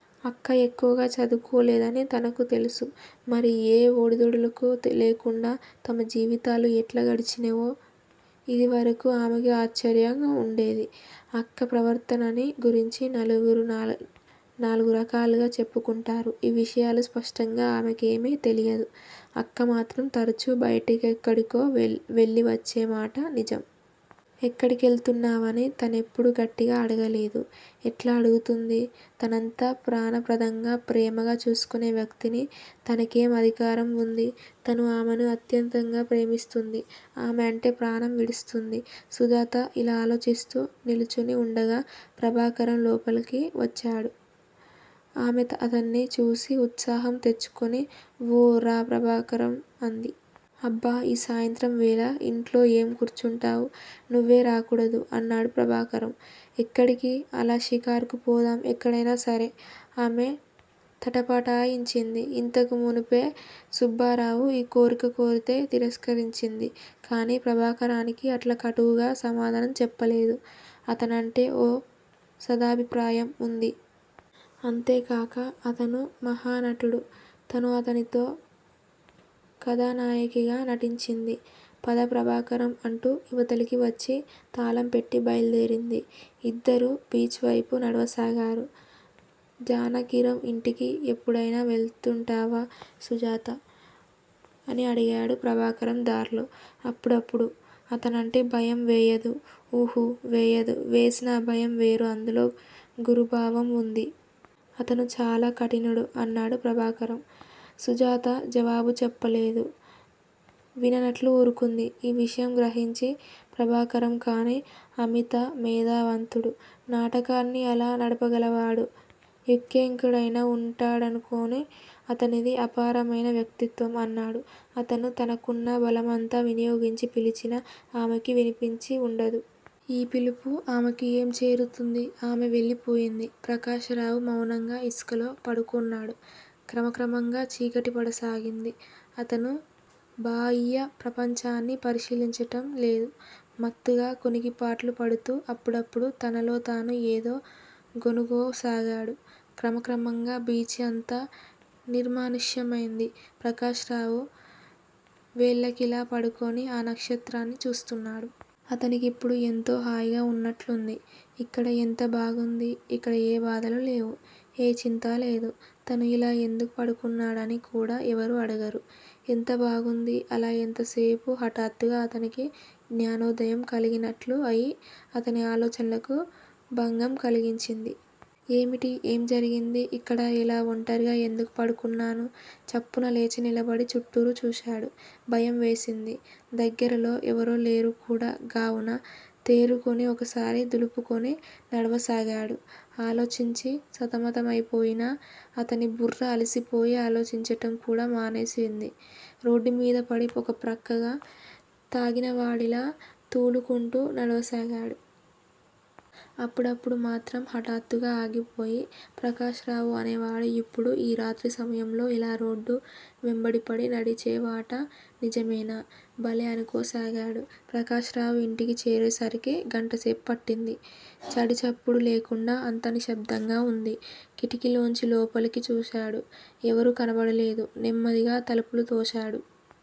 అక్క ఎక్కువగా చదువుకోలేదని తనకు తెలుసు. మరి ఏ ఒడిదుడుకులూ లేకుండా తమ జీవితాలు ఎట్లా గడిచినవో యిదివరకు ఆమెకు ఆశ్చర్యంగా వుండేది. అక్క ప్రవర్తనని గురించి నలుగురూ నాలుగురకాలుగా చెప్పుకుంటారు. ఈ విషయాలు స్పష్టంగా ఆమెకేమీ తెలియదు. అక్కమాత్రం తరచూ బయటెక్కడికో వెళ్ళివచ్చే మాట నిజం. ఎక్కడికెళుతున్నావని తనెప్పుడూ గట్టిగా అడగలేదు. ఎట్లా అడుగుతుంది? తననంత ప్రాణప్రదంగా, ప్రేమగా చూసుకునే వ్యక్తిని, తనకేం అధికారం వుంది? తను ఆమెను అత్యంతంగా ప్రేమిస్తుంది. ఆమె అంటే ప్రాణం విడుస్తుంది. సుజాత ఇలా ఆలోచిస్తూ నిలుచుని వుండగా ప్రభాకరం లోపలకు వచ్చాడు. ఆమె అతన్ని చూసి ఉత్సాహం తెచ్చుకుని, 'ఓ, రా ప్రభాకరం' అంది. అబ్బ! ఈ సాయంత్రంవేళ యింట్లో ఏం కూర్చుంటావు? నువ్వే రాకూడదూ? అన్నాడు ప్రభాకరం. ఎక్కడికి? అలా షికారుకు పోదాం. ఎక్కడకైనా సరే. ఆమె తటపాటాయించింది. ఇంతకుమునుపే సుబ్బారావు ఈ కోరిక కోరితే తిరస్కరించింది. కానీ ప్రభాకరానికి అట్లా కటువుగా సమాధానం చెప్పలేదు. అతనంటే ఓ సదభిప్రాయం వుంది. అంతేగాక అతను మహానటుడు. తను అతనితో కధానాయకిగా నటించింది. పద ప్రభాకరం అంటూ ఇవతలికి వచ్చి, తాళంపెట్టి బయల్దేరింది. ఇద్దరూ బీచ్ వైపు నడవసాగారు. జానకిరాం ఇంటికి ఎపుడైనా వెడుతుంటావా సుజాతా? అనడిగాడు ప్రభాకరం దారిలో. అప్పుడప్పుడూ. అతనంటే భయం వేయదూ? ఉహూ, వెయ్యదు. వేసినా ఆ భయంవేరు అందులో గురుభావం వుంది. అతను చాలా కఠినుడు అన్నాడు ప్రభాకరం. సుజాత జవాబు చెప్పలేదు. విననట్లు ఊరుకుంది. ఈ విషయం గ్రహించి ప్రభాకరం కానీ అమిత మేధావంతుడు. నాటకాన్ని అలా నడపగలవాడు యింకెక్కడైనా వుంటాడనుకోను. అతనిది అపారమైన వ్యక్తిత్వం. అన్నాడు. అతను తనకున్న బలమంతా వినియోగించి పిలిచినా ఆమెకు వినిపించి వుండదు. యీ పిలుపు ఆమెకు ఏం చేరుతుంది? ఆమె వెళ్ళిపోయింది. ప్రకాశరావు మౌనంగా ఇసుకలో పడుకొన్నాడు. క్రమక్రమంగా చీకటి పడసాగింది. అతను బాహ్య ప్రపంచాన్ని పరిశీలించటం లేదు. మత్తుగా కునికిపాట్లు పడుతూ అప్పుడప్పుడూ తనలోతాను ఏదో గొణుగుకోసాగాడు. క్రమక్రమంగా బీచి అంతా నిర్మానుష్యంమైంది. ప్రకాశరావు వెల్లకిలా పడుకొని ఆ నక్షత్రాలని చూస్తున్నాడు. అతనికిప్పుడు ఎంతో హాయిగా వున్నట్లుంది. ఇక్కడ యెంత బాగుంది? ఇక్కడ ఏ బాధలూ లేవు. ఏ చింతా లేదు. తను ఇలా యెందుకు పడుకున్నాడని కూడా ఎవరూ అడగరు. ఎంత బాగుంది? అలా యెంతసేపు? హఠాత్తుగా అతనికి జ్ఞానోదయం కలిగినట్లు అయి అతని ఆలోచనలకు భంగం కలిగించింది. ఏమిటి? ఏం జరిగింది? ఇక్కడ ఇలా ఒంటరిగా యెందుకు పడుకున్నాను. చప్పున లేచి నిలబడి చుట్టూరా చూశాడు. భయం వేసింది. దగ్గరలో ఎవరూ లేరుకూడా గావును. తేరుకుని ఒకసారి దులుపుకొని నడవసాగాడు. ఆలోచించి సతమతమైపోయిన అతని బుర్ర అలసిపోయి ఆలోచించటం కూడా మానివేసింది. రోడ్డుమీదపడి ఒక ప్రక్కగా తాగినవాడిలా తూలుకుంటూ నడవసాగాడు. అప్పుడప్పుడూ మాత్రం హఠాత్తుగా ఆగిపోయి ప్రకాశరావు అనేవాడు యిప్పుడు ఈ రాత్రి సమయంలో ఇలా రోడ్డు వెంబడిపడి నడిచేమాట నిజమేనా? భలే అనుకోసాగాడు. ప్రకాశరావు ఇంటికి చేరేసరికి గంటసేపు పట్టింది. చడీచప్పుడూ లేకుండా అంతా నిశ్శబ్దంగా వుంది. కిటికీలోంచి లోపలకు చూశాడు. ఎవరూ కనబడలేదు. నెమ్మదిగా తలుపులు తోశాడు.